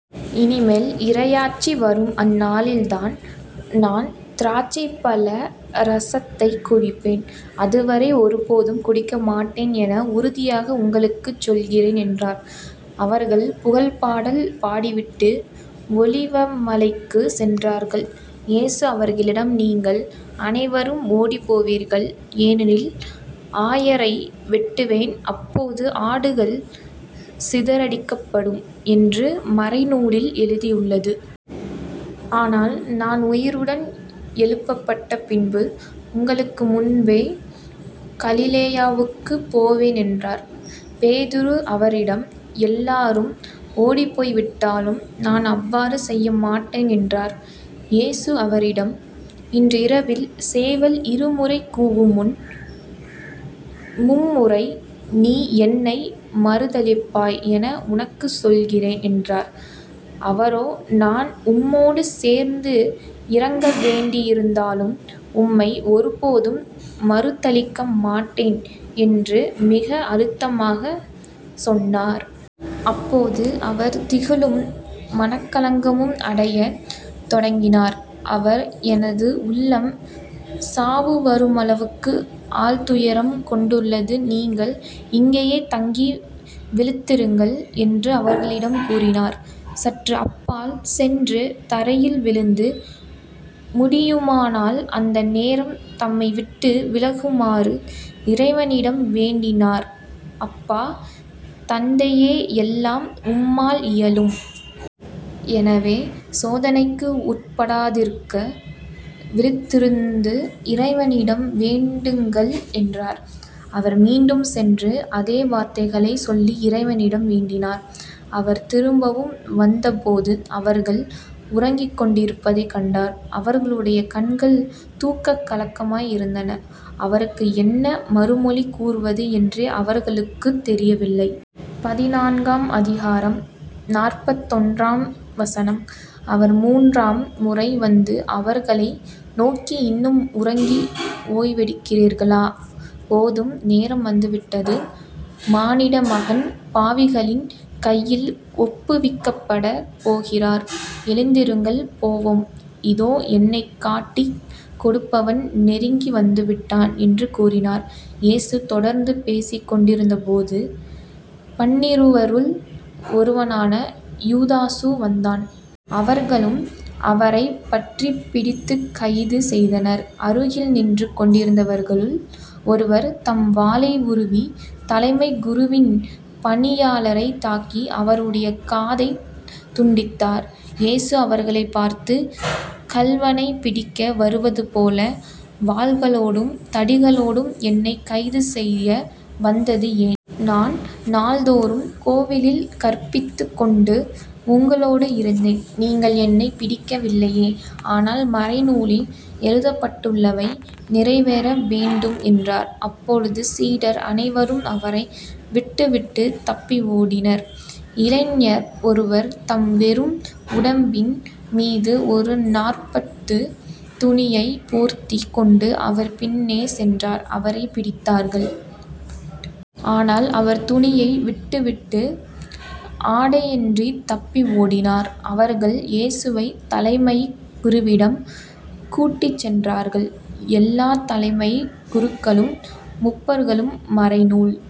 இனிமேல் இறையாட்சி வரும் அந்நாளில்தான் நான் திராட்சைப்பழ இரசத்தைக் குடிப்பேன் அதுவரை ஒருபோதும் குடிக்க மாட்டேன் என உறுதியாக உங்களுக்குச் சொல்கிறேன் என்றார். அவர்கள் புகழ்ப்பாடல் பாடிவிட்டு ஒலிவமலைக்குச் சென்றார்கள். இயேசு அவர்களிடம் நீங்கள் அனைவரும் ஓடிப்போவீர்கள். ஏனெனில் ஆயரை வெட்டுவேன் அப்போது ஆடுகள் சிதறடிக்கப்படும் என்று மறைநூலில் எழுதியுள்ளது. ஆனால் நான் உயிருடன் எழுப்பப்பட்ட பின்பு உங்களுக்குமுன்பே கலிலேயாவுக்குப் போவேன் என்றார். பேதுரு அவரிடம் எல்லாரும் ஓடிப்போய்விட்டாலும் நான் அவ்வாறு செய்யமாட்டேன் என்றார். இயேசு அவரிடம் இன்றிரவில் சேவல் இருமுறை கூவுமுன் மும்முறை நீ என்னை மறுதலிப்பாய் என உனக்குச் சொல்கிறேன் என்றார். அவரோ நான் உம்மோடு சேர்ந்து இறக்க வேண்டியிருந்தாலும் உம்மை ஒருபோதும் மறுதலிக்க மாட்டேன் என்று மிக அழுத்தமாகச் சொன்னார். அப்போது அவர் திகிலும் மனக்கலக்கமும் அடையத் தொடங்கினார். அவர் எனது உள்ளம் சாவுவருமளவுக்கு ஆழ்துயரம் கொண்டுள்ளது நீங்கள் இங்கேயே தங்கி விழித்திருங்கள் என்று அவர்களிடம் கூறினார். சற்று அப்பால் சென்று தரையில் விழுந்து, முடியுமானால் அந்த நேரம் தம்மைவிட்டு விலகுமாறு இறைவனிடம் வேண்டினார். அப்பா தந்தையே எல்லாம் உம்மால் இயலும். எனவே சோதனைக்கு உட்படாதிருக்க விழித்திருந்து இறைவனிடம் வேண்டுங்கள் என்றார். அவர் மீண்டும் சென்று அதே வார்த்தைகளைச் சொல்லி இறைவனிடம் வேண்டினார். அவர் திரும்பவும் வந்தபோது அவர்கள் உறங்கிக் கொண்டிருப்பதைக் கண்டார். அவர்களுடைய கண்கள் தூக்கக் கலக்கமாய் இருந்தன. அவருக்கு என்ன மறுமொழி கூறுவது என்றே அவர்களுக்குத் தெரியவில்லை. பதினான்காம் அதிகாரம், நாற்பத்தொன்றாம் வசனம் .அவர் முன்றாம் முறை வந்து அவர்களை நோக்கி இன்னும் உறங்கி ஓய்வெடுக்கிறீர்களா? போதும், நேரம் வந்துவிட்டது. மானிடமகன் பாவிகளின் கையில் ஒப்புவிக்கப்படப் போகிறார். எழுந்திருங்கள், போவோம். இதோ என்னைக் காட்டிக் கொடுப்பவன் நெருங்கி வந்துவிட்டான் என்று கூறினார். இயேசு தொடர்ந்து பேசிக் கொண்டிருந்தபோது பன்னிருவருள் ஒருவனான யூதாசு வந்தான். அவர்களும் அவரைப் பற்றிப் பிடித்துக் கைது செய்தனர். அருகில் நின்று கொண்டிருந்தவர்களுள் ஒருவர் தம் வாளை உருவி தலைமைக் குருவின் பணியாளரைத் தாக்கி அவருடைய காதைத் துண்டித்தார். இயேசு அவர்களைப் பார்த்து கள்வனைப் பிடிக்க வருவது போல வாள்களோடும் தடிகளோடும் என்னைக் கைது செய்ய வந்தது ஏன்? நான் நாள்தோறும் கோவிலில் கற்பித்துக் கொண்டு உங்களோடு இருந்தேன். நீங்கள் என்னைப் பிடிக்கவில்லையே. ஆனால் மறைநூலில் எழுதப்பட்டுள்ளவை நிறைவேற வேண்டும் என்றார். அப்பொழுது சீடர் அனைவரும் அவரை விட்டுவிட்டுத் தப்பி ஓடினர். இளைஞர் ஒருவர் தம் வெறும் உடம்பின் மீது ஒரு நார்ப்பட்டுத் துணியைப் போர்த்திக் கொண்டு அவர் பின்னே சென்றார் அவரைப் பிடித்தார்கள். ஆனால் அவர் துணியை விட்டு விட்டு ஆடையன்றித் தப்பி ஓடினார். அவர்கள் இயேசுவைத் தலைமைக் குருவிடம் கூட்டிச் சென்றார்கள். எல்லாத் தலைமைக் குருக்களும் முப்பர்களும் மறைநூல்